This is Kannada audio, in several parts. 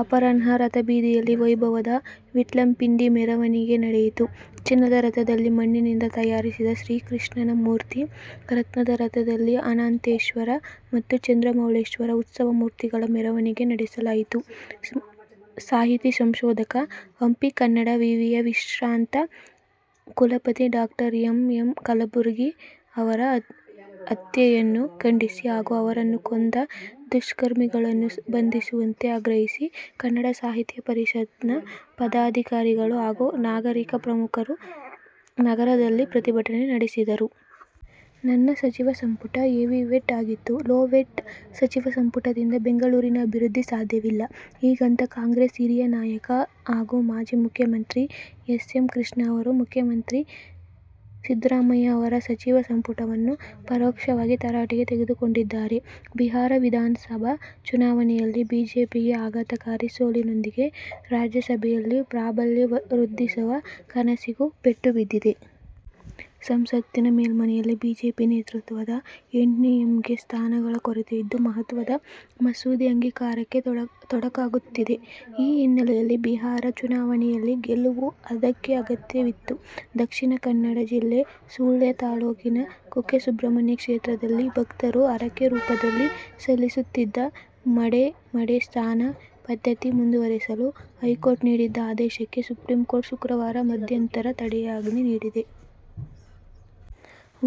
ಅಪರಾಹ್ನ ರಥಬೀದಿಯಲ್ಲಿ ವೈಭವದ ವಿಟ್ಲಪಿಂಡಿ ಮೆರವಣಿಗೆ ನಡೆಯಿತು. ಚಿನ್ನದ ರಥದಲ್ಲಿ ಮಣ್ಣಿನಿಂದ ತಯಾರಿಸಿದ ಶ್ರೀಕೃಷ್ಣನ ಮೂರ್ತಿ, ರತ್ನದ ರಥದಲ್ಲಿ ಅನಂತೇಶ್ವರ ಮತ್ತು ಚಂದ್ರಮೌಳೀಶ್ವರ ಉತ್ಸವ ಮೂರ್ತಿಗಳ ಮೆರವಣಿಗೆ ನಡೆಸಲಾಯಿತು. ಸಾಹಿತಿ, ಸಂಶೋಧಕ, ಹಂಪಿ ಕನ್ನಡ ವಿವಿಯ ವಿಶ್ರಾಂತ ಕುಲಪತಿ ಡಾ. ಎಂ. ಎಂ. ಕಲಬುರ್ಗಿ ಅವರ ಹತ್ಯೆಯನ್ನು ಖಂಡಿಸಿ ಹಾಗೂ ಅವರನ್ನು ಕೊಂದ ದುಷ್ಕರ್ಮಿಗಳನ್ನು ಬಂಧಿಸುವಂತೆ ಆಗ್ರಹಿಸಿ ಕನ್ನಡ ಸಾಹಿತ್ಯ ಪರಿಷತ್ನ ಪದಾಧಿಕಾರಿಗಳು ಹಾಗೂ ನಾಗರಿಕ ಪ್ರಮುಖರು ನಗರದಲ್ಲಿ ಪ್ರತಿಭಟನೆ ನಡೆಸಿದರು. ನನ್ನ ಸಚಿವ ಸಂಪುಟ 'ಹೆವಿವೇಟ್' ಆಗಿತ್ತು. 'ಲೋ ವೇಟ್' ಸಚಿವ ಸಂಪುಟದಿಂದ ಬೆಂಗಳೂರಿನ ಅಭಿವೃದ್ಧಿ ಸಾಧ್ಯವಿಲ್ಲ. ಹೀಗಂತ ಕಾಂಗ್ರೆಸ್ ಹಿರಿಯ ನಾಯಕ ಹಾಗೂ ಮಾಜಿ ಮುಖ್ಯಮಂತ್ರಿ ಎಸ್. ಎಂ. ಕೃಷ್ಣ ಅವರು ಮುಖ್ಯಮಂತ್ರಿ ಸಿದ್ದರಾಮಯ್ಯ ಅವರ ಸಚಿವ ಸಂಪುಟವನ್ನು ಪರೋಕ್ಷವಾಗಿ ತರಾಟೆಗೆ ತೆಗೆದುಕೊಂಡಿದ್ದಾರೆ. ಬಿಹಾರ ವಿಧಾನಸಭಾ ಚುನಾವಣೆಯಲ್ಲಿ ಬಿಜೆಪಿಗೆ ಆಘಾತಕಾರಿ ಸೋಲಿನೊಂದಿಗೆ, ರಾಜ್ಯಸಭೆಯಲ್ಲಿ ಪ್ರಾಬಲ್ಯ ವೃದ್ಧಿಸುವ ಕನಸಿಗೂ ಪೆಟ್ಟು ಬಿದ್ದಿದೆ. ಸಂಸತ್ತಿನ ಮೇಲ್ಮನೆಯಲ್ಲಿ ಬಿಜೆಪಿ ನೇತೃತ್ವದ ಎನ್ಡಿಎಗೆ ಸ್ಥಾನಗಳ ಕೊರತೆ ಇದ್ದು ಮಹತ್ವದ ಮಸೂದೆ ಅಂಗೀಕಾರಕ್ಕೆ ತೊಡಕಾಗುತ್ತಿದೆ. ಈ ಹಿನ್ನೆಲೆಯಲ್ಲಿ ಬಿಹಾರ ಚುನಾವಣೆಯಲ್ಲಿ ಗೆಲುವು ಅದಕ್ಕೆ ಅಗತ್ಯವಿತ್ತು. ದಕ್ಷಿಣ ಕನ್ನಡ ಜಿಲ್ಲೆ ಸುಳ್ಯ ತಾಲೂಕಿನ ಕುಕ್ಕೆ ಸುಬ್ರಹ್ಮಣ್ಯ ಕ್ಷೇತ್ರದಲ್ಲಿ ಭಕ್ತರು ಹರಕೆ ರೂಪದಲ್ಲಿ ಸಲ್ಲಿಸುತ್ತಿದ್ದ ಮಡೆ ಮಡೆ ಸ್ನಾನ ಪದ್ಧತಿ ಮುಂದುವರಿಸಲು ಹೈಕೋರ್ಟ್ ನೀಡಿದ್ದ ಆದೇಶಕ್ಕೆ ಸುಪ್ರೀಂಕೋರ್ಟ್ ಶುಕ್ರವಾರ ಮಧ್ಯಂತರ ತಡೆಯಾಜ್ಞೆ ನೀಡಿದೆ.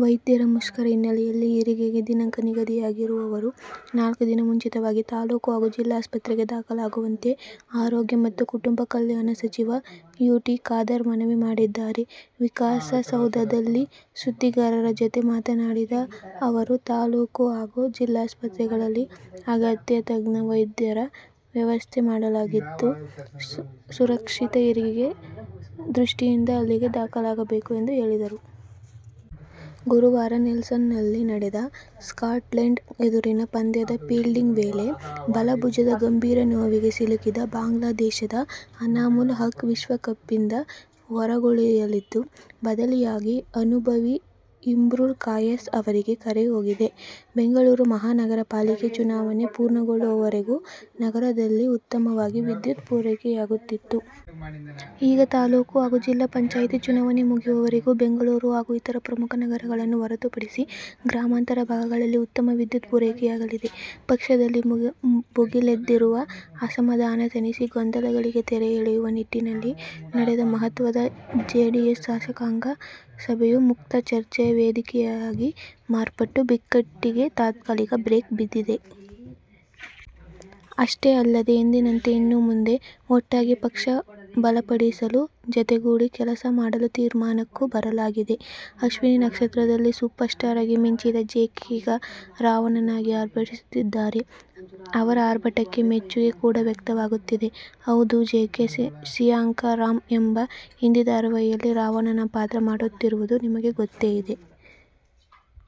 ವೈದ್ಯರ ಮುಷ್ಕರ ಹಿನ್ನೆಲೆಯಲ್ಲಿ ಹೆರಿಗೆಗೆ ದಿನಾಂಕ ನಿಗದಿಯಾಗಿರುವವರು ನಾಲ್ಕು ದಿನ ಮುಂಚಿತವಾಗಿ ತಾಲೂಕು ಹಾಗೂ ಜಿಲ್ಲಾಸ್ಪತ್ರಗೆ ದಾಖಲಾಗುವಂತೆ ಆರೋಗ್ಯ ಮತ್ತು ಕುಟುಂಬ ಕಲ್ಯಾಣ ಸಚಿವ ಯು. ಟಿ. ಖಾದರ್ ಮನವಿ ಮಾಡಿದ್ದಾರೆ. ವಿಕಾಸಸೌಧದಲ್ಲಿ ಸುದ್ದಿಗಾರರ ಜತೆ ಮಾತನಾಡಿದ ಅವರು, ತಾಲೂಕು ಹಾಗೂ ಜಿಲ್ಲಾಸ್ಪತ್ರೆಗಳಲ್ಲಿ ಅಗತ್ಯ ತಜ್ಞ ವೈದ್ಯರ ವ್ಯವಸ್ಥೆ ಮಾಡಲಾಗಿದ್ದು, ಸುರಕ್ಷಿತ ಹೆರಿಗೆ ದೃಷ್ಟಿಯಿಂದ ಅಲ್ಲಿಗೆ ದಾಖಲಾಗಬೇಕು ಎಂದು ಹೇಳಿದರು. ಗುರುವಾರ ನೆಲ್ಸನ್ನಲ್ಲಿ ನಡೆದ ಸ್ಕಾಟ್ಲೆಂಡ್ ಎದುರಿನ ಪಂದ್ಯದ ಫೀಲ್ಡಿಂಗ್ ವೇಳೆ ಬಲ ಭುಜದ ಗಂಭೀರ ನೋವಿಗೆ ಸಿಲುಕಿದ ಬಾಂಗ್ಲಾದೇಶದ ಅನಾಮುಲ್ ಹಕ್ ವಿಶ್ವಕಪ್ನಿಂದ ಹೊರಗುಳಿಯಲಿದ್ದು, ಬದಲಿಯಾಗಿ ಅನುಭವಿ ಇಮ್ರುಲ್ ಕಾಯಸ್ ಅವರಿಗೆ ಕರೆ ಹೋಗಿದೆ. ಬೆಂಗಳೂರು ಮಹಾನಗರಪಾಲಿಕೆ ಚುನಾವಣೆ ಪೂರ್ಣಗೊಳ್ಳುವವರೆಗೂ ನಗರದಲ್ಲಿ ಉತ್ತಮವಾಗಿ ವಿದ್ಯುತ್ ಪೂರೈಕೆಯಾಗುತ್ತಿತ್ತು. ಈಗ ತಾಲೂಕು ಹಾಗೂ ಜಿಲ್ಲಾ ಪಂಚಾಯತಿ ಚುನಾವಣೆ ಮುಗಿಯುವವರೆಗೂ ಬೆಂಗಳೂರು ಹಾಗೂ ಇತರ ಪ್ರಮುಖ ನಗರಗಳನ್ನು ಹೊರತು ಪಡಿಸಿ ಗ್ರಾಮಾಂತರ ಭಾಗಗಳಲ್ಲಿ ಉತ್ತಮ ವಿದ್ಯುತ್ ಪೂರೈಕೆಯಾಗಲಿದೆ. ಪಕ್ಷದಲ್ಲಿ ಭುಗಿಲೆದ್ದಿರುವ ಅಸಮಾಧಾನ ತಣಿಸಿ ಗೊಂದಲಗಳಿಗೆ ತೆರೆ ಎಳೆಯುವ ನಿಟ್ಟಿನಲ್ಲಿ ನಡೆದ ಮಹತ್ವದ ಜೆಡಿಎಸ್ ಶಾಸಕಾಂಗ ಸಭೆಯು ಮುಕ್ತ ಚರ್ಚೆಯ ವೇದಿಕೆಯಾಗಿ ಮಾರ್ಪಟ್ಟು ಬಿಕ್ಕಟ್ಟಿಗೆ ತಾತ್ಕಾಲಿಕ ಬ್ರೇಕ್ ಬಿದ್ದಿದೆ. ಅಷ್ಟೇ ಅಲ್ಲದೆ ಎಂದಿನಂತೆ ಇನ್ನು ಮುಂದೆ ಒಟ್ಟಾಗಿ ಪಕ್ಷ ಬಲಪಡಿಸಲು ಜತೆಗೂಡಿ ಕೆಲಸ ಮಾಡಲು ತೀರ್ಮಾನಕ್ಕೂ ಬರಲಾಗಿದೆ. "ಅಶ್ವಿನಿ ನಕ್ಷತ್ರ'ದಲ್ಲಿ ಸೂಪರ್ಸ್ಟಾರ್ ಆಗಿ ಮಿಂಚಿದ ಜೆಕೆ ಈಗ ರಾವಣನಾಗಿ ಆರ್ಭಟಿಸುತ್ತಿದ್ದಾರೆ. ಅವರ ಅರ್ಭಟಕ್ಕೆ ಮೆಚ್ಚುಗೆ ಕೂಡಾ ವ್ಯಕ್ತವಾಗುತ್ತಿದೆ. ಹೌದು, ಜೆಕೆ "ಸಿಯಾಕಾ ರಾಮ್' ಎಂಬ ಹಿಂದಿ ಧಾರಾವಾಹಿಯಲ್ಲಿ ರಾವಣನ ಪಾತ್ರ ಮಾಡುತ್ತಿರುವುದು ನಿಮಗೆ ಗೊತ್ತೇ ಇದೆ.